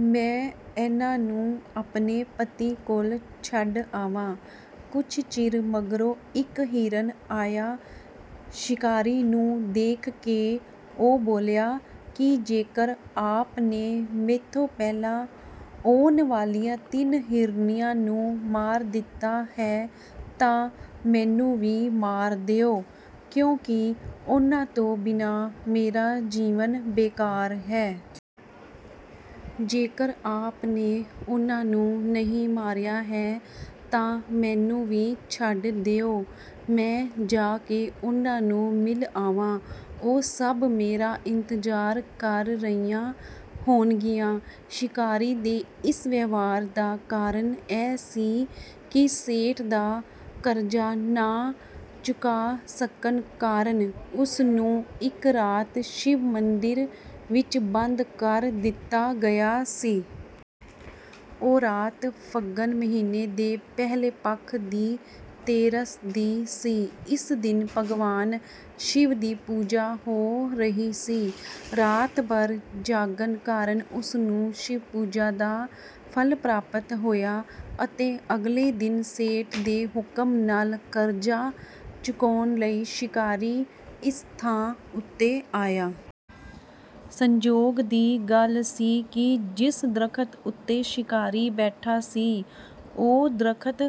ਮੈਂ ਇਨ੍ਹਾਂ ਨੂੰ ਆਪਣੇ ਪਤੀ ਕੋਲ ਛੱਡ ਆਵਾਂ। ਕੁਝ ਚਿਰ ਮਗਰੋਂ ਇੱਕ ਹਿਰਨ ਆਇਆ ਸ਼ਿਕਾਰੀ ਨੂੰ ਦੇਖ ਕੇ ਉਹ ਬੋਲਿਆ ਕਿ ਜੇਕਰ ਆਪ ਨੇ ਮੈਥੋਂ ਪਹਿਲਾਂ ਆਉਣ ਵਾਲੀਆਂ ਤਿੰਨ ਹਿਰਨੀਆਂ ਨੂੰ ਮਾਰ ਦਿੱਤਾ ਹੈ ਤਾਂ ਮੈਨੂੰ ਵੀ ਮਾਰ ਦਿਓ ਕਿਉਂਕਿ ਉਨ੍ਹਾਂ ਤੋਂ ਬਿਨਾਂ ਮੇਰਾ ਜੀਵਨ ਬੇਕਾਰ ਹੈ। ਜੇਕਰ ਆਪ ਨੇ ਉਨ੍ਹਾਂ ਨੂੰ ਨਹੀਂ ਮਾਰਿਆ ਹੈ ਤਾਂ ਮੈਨੂੰ ਵੀ ਛੱਡ ਦਿਓ, ਮੈਂ ਜਾ ਕੇ ਉਨ੍ਹਾਂ ਨੂੰ ਮਿਲ ਆਵਾਂ, ਉਹ ਸਭ ਮੇਰਾ ਇੰਤਜ਼ਾਰ ਕਰ ਰਹੀਆਂ ਹੋਣਗੀਆਂ। ਸ਼ਿਕਾਰੀ ਦੇ ਇਸ ਵਿਵਹਾਰ ਦਾ ਕਾਰਨ ਇਹ ਸੀ ਕਿ ਸੇਠ ਦਾ ਕਰਜ਼ਾ ਨਾ ਚੁਕਾ ਸਕਣ ਕਾਰਨ ਉਸ ਨੂੰ ਇੱਕ ਰਾਤ ਸ਼ਿਵ ਮੰਦਿਰ ਵਿੱਚ ਬੰਦ ਕਰ ਦਿੱਤਾ ਗਿਆ ਸੀ। ਉਹ ਰਾਤ ਫੱਗਣ ਮਹੀਨੇ ਦੇ ਪਹਿਲੇ ਪੱਖ ਦੀ ਤੇਰਸ ਦੀ ਸੀ। ਇਸ ਦਿਨ ਭਗਵਾਨ ਸ਼ਿਵ ਦੀ ਪੂਜਾ ਹੋ ਰਹੀ ਸੀ। ਰਾਤ ਭਰ ਜਾਗਣ ਕਾਰਨ ਉਸ ਨੂੰ ਸ਼ਿਵ ਪੂਜਾ ਦਾ ਫਲ ਪ੍ਰਾਪਤ ਹੋਇਆ ਅਤੇ ਅਗਲੇ ਦਿਨ ਸੇਠ ਦੇ ਹੁਕਮ ਨਾਲ ਕਰਜ਼ਾ ਚੁਕਾਉਣ ਲਈ ਸ਼ਿਕਾਰੀ ਇਸ ਥਾਂ ਉੱਤੇ ਆਇਆ। ਸੰਯੋਗ ਦੀ ਗੱਲ ਸੀ ਕਿ ਜਿਸ ਦਰੱਖਤ ਉੱਤੇ ਸ਼ਿਕਾਰੀ ਬੈਠਾ ਸੀ, ਉਹ ਦਰੱਖਤ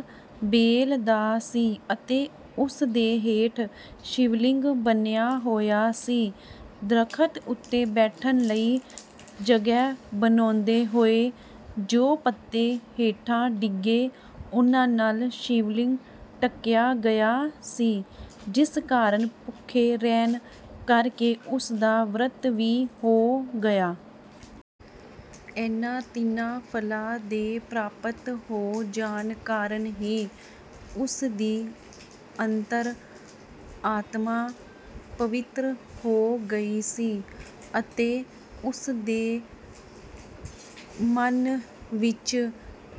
ਬੇਲ ਦਾ ਸੀ ਅਤੇ ਉਸ ਦੇ ਹੇਠ ਸ਼ਿਵਲਿੰਗ ਬਣਿਆ ਹੋਇਆ ਸੀ। ਦਰੱਖਤ ਉੱਤੇ ਬੈਠਣ ਲਈ ਜਗ੍ਹਾ ਬਣਾਉਂਦੇ ਹੋਏ ਜੋ ਪੱਤੇ ਹੇਠਾਂ ਡਿੱਗੇ, ਉਨ੍ਹਾਂ ਨਾਲ ਸ਼ਿਵਲਿੰਗ ਢਕਿਆ ਗਿਆ ਸੀ, ਜਿਸ ਕਾਰਨ ਭੁੱਖੇ ਰਹਿਣ ਕਾਰਨ ਉਸ ਦਾ ਵਰਤ ਵੀ ਹੋ ਗਿਆ। ਇਨ੍ਹਾਂ ਤਿੰਨਾਂ ਫਲਾਂ ਦੇ ਪ੍ਰਾਪਤ ਹੋ ਜਾਣ ਕਾਰਨ ਹੀ ਉਸ ਦੀ ਅੰਤਰ-ਆਤਮਾ ਪਵਿੱਤਰ ਹੋ ਗਈ ਸੀ ਅਤੇ ਉਸ ਦੇ ਮਨ ਵਿੱਚ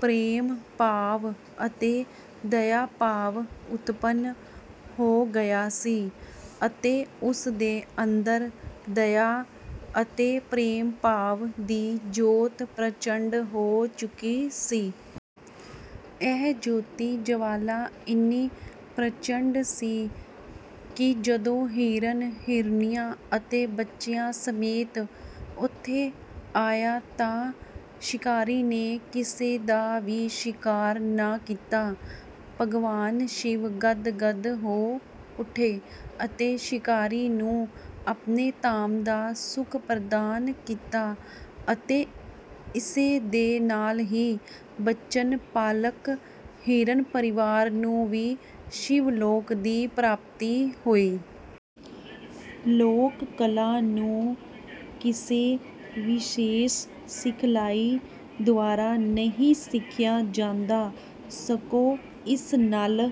ਪ੍ਰੇਮ ਭਾਵ ਅਤੇ ਦਿਆ ਭਾਵ ਉਤਪੰਨ ਹੋ ਗਿਆ ਸੀ ਅਤੇ ਉਸ ਦੇ ਅੰਦਰ ਦਿਆ ਅਤੇ ਪ੍ਰੇਮ ਭਾਵ ਦੀ ਜਯੋਤ ਪ੍ਰਚੰਡ ਹੋ ਚੁੱਕੀ ਸੀ। ਇਹ ਜਯੋਤੀ ਜਵਾਲਾ ਇੰਨੀ ਪ੍ਰਚੰਡ ਸੀ ਕਿ ਜਦੋਂ ਹਿਰਨ ਹਿਰਨੀਆਂ ਅਤੇ ਬੱਚਿਆਂ ਸਮੇਤ ਉਥੇ ਆਇਆ ਤਾਂ ਸ਼ਿਕਾਰੀ ਨੇ ਕਿਸੇ ਦਾ ਵੀ ਸ਼ਿਕਾਰ ਨਾ ਕੀਤਾ। ਭਗਵਾਨ ਸ਼ਿਵ ਗਦ-ਗਦ ਹੋ ਉੱਠੇ ਅਤੇ ਸ਼ਿਕਾਰੀ ਨੂੰ ਆਪਣੇ ਧਾਮ ਦਾ ਸੁੱਖ ਪ੍ਰਦਾਨ ਕੀਤਾ ਅਤੇ ਇਸੇ ਦੇ ਨਾਲ ਹੀ ਬਚਨ ਪਾਲਕ ਹਿਰਨ ਪਰਿਵਾਰ ਨੂੰ ਵੀ ਸ਼ਿਵ ਲੋਕ ਦੀ ਪ੍ਰਾਪਤੀ ਹੋਈ। ਲੋਕ ਕਲਾ ਨੂੰ ਕਿਸੇ ਵਿਸ਼ੇਸ ਸਿਖਲਾਈ ਦੁਆਰਾ ਨਹੀਂ ਸਿੱਖਿਆ ਜਾਂਦਾ ਸਗੋਂ ਇਸ ਨਾਲ